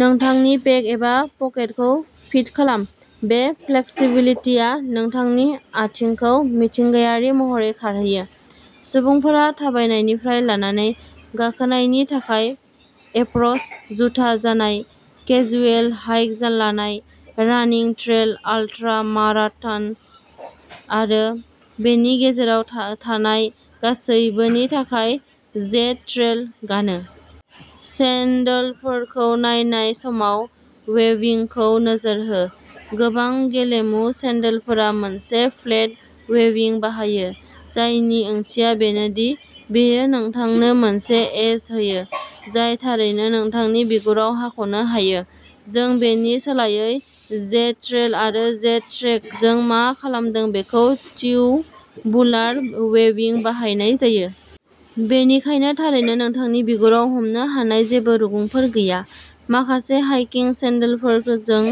नोंथांनि पेक एबा पकेटखौ फिट खालाम। बे फ्लेक्सिबिलिटिआ नोंथांनि आथिंखौ मिथिंगायारि महरै खारहोयो। सुबुंफोरा थाबायनायनिफ्राय लानानै गाखोनायनि थाखाय एप्र’च जुथा जानाय, केजुएल हाइक लानाय, रानिं ट्रेल आल्ट्रा माराथन आरो बेनि गेजेराव था-थानाय गासैबोनि थाखाय जेड-ट्रेल गानो। सेन्डलफोरखौ नायनाय समाव, वेबिंखौ नोजोर हो। गोबां गेलेमु सेन्डलफोरा मोनसे फ्लेट वेबिं बाहायो, जायनि ओंथिया बेनो दि बेयो नोंथांनो मोनसे एज होयो जाय थारैनो नोंथांनि बिगुराव हाख'नो हायो। जों बेनि सोलायै जेड-ट्रेल आरो जेड-ट्रेकजों मा खालामदों बेखौ टिउबुलार वेबिं बाहायनाय जायो। बेनिखायनो थारैनो नोंथांनि बिगुराव हमनो हानाय जेबो रुगुंफोर गैया। माखासे हाइकिं सेन्डलफोरजों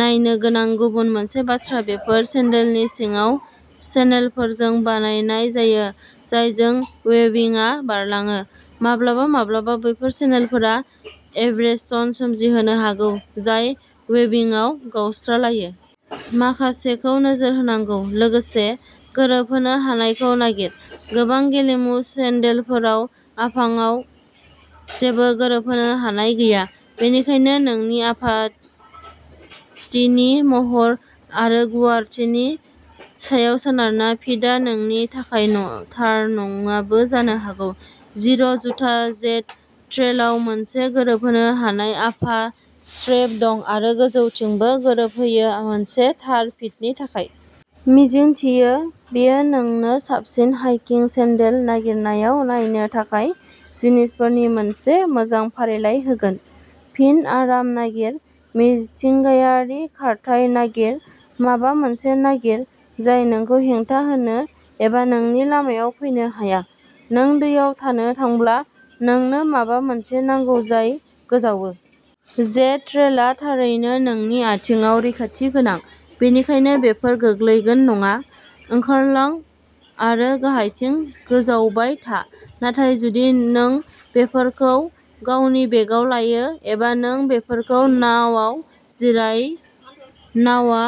नायनो गोनां गुबुन मोनसे बाथ्रा बेफोर सेन्डलनि सिङाव चेनेलफोरजों बानायनाय जायो जायजों वेबिंआ बारलाङो। माब्लाबा माब्लाबा बैफोर चेनेलफोरा एब्रेशन सोमजिहोनो हागौ, जाय वेबिंआव गावस्रालायो। माखासेखौ नोजोर होनांगौ। लोगोसे, गोरोबहोनो हानायखौ नागिर। गोबां गेलेमु सेन्देलफोराव आफाङाव जेबो गोरोबहोनो हानाय गैया। बेनिखायनो, नोंनि आफाथिनि महर आरो गुवारथिनि सायाव सोनारना फिटआ नोंनि थाखाय नङा थार नङाबो जानो हागौ। जिर' जुथा जेड-ट्रेलआव मोनसे गोरोबहोनो हानाय आफा स्ट्रेप दं आरो गोजौथिंबो गोरोबहोयो मोनसे थार फिटनि थाखाय। मिजिंथियो, बेयो नोंनो साबसिन हाइकिं सेन्देल नागिरनायाव नायनो थाखाय जिनिसफोरनि मोनसे मोजां फारिलाइ होगोन। फिन, आराम नागिर, मिथिंगायारि खारथाइ नागिर, माबा मोनसे नागिर जाय नोंखौ हेंथा होनो एबा नोंनि लामायाव फैनो हाया। नों दैयाव थानो थांब्ला, नोंनो माबा मोनसे नांगौ जाय गोजावो। जेड-ट्रेलआ थारैनो नोंनि आथिंआव रैखाथि गोनां, बेनिखायनो बेफोर गोग्लैगोन नङा। ओंखारलां आरो गाहायथिं गोजावबाय था। नाथाय जुदि नों बेफोरखौ गावनि बेगआव लायो एबा नों बेफोरखौ नावाव जिराय, नावआ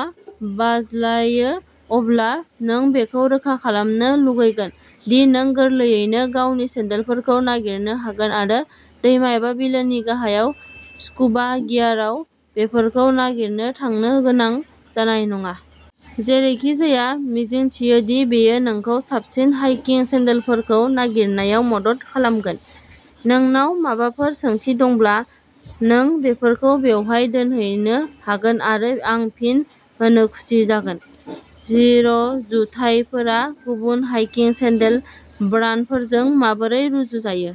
बाज्लायो, अब्ला नों बेखौ रोखा खालामनो लुगैगोन दि नों गोरलैयैनो गावनि सेन्देलफोरखौ नागिरनो हागोन आरो दैमा एबा बिलोनि गाहायाव स्कुबा गियारआव बेफोरखौ नागिरनो थांनो गोनां जानाय नङा। जेरैखिजाया, मिजिंथियो दि बेयो नोंखौ साबसिन हाइकिं सेन्देलफोरखौ नागिरनायाव मदद खालामगोन। नोंनाव माबाफोर सोंथि दंब्ला, नों बेफोरखौ बेवहाय दोनहैनो हागोन आरो आं फिन होनो खुसि जागोन। जिर'जुथाफोरा गुबुन हाइकिं सेन्देल ब्रान्डफोरजों माबोरै रुजुजायो?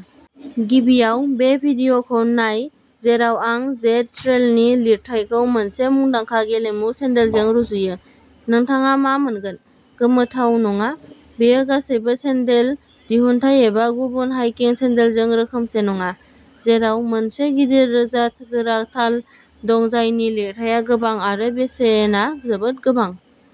गिबियाव बे भिडिय'खौ नाय जेराव आं जेड-ट्रेलनि लिरथायखौ मोनसे मुंदांखा गेलेमु सेन्देलजों रुजुयो। नोंथाङा मा मोनगोन, गोमोथाव नङा, बेयो गासैबो सेन्देल दिहुनथाय एबा गुबुन हाइकिं सेन्देलजों रोखोमसे नङा, जेराव मोनसे गिदिर, रोजा, गोरा थाल दं जायनि लिरथाया गोबां आरो बेसेना जोबोद गोबां।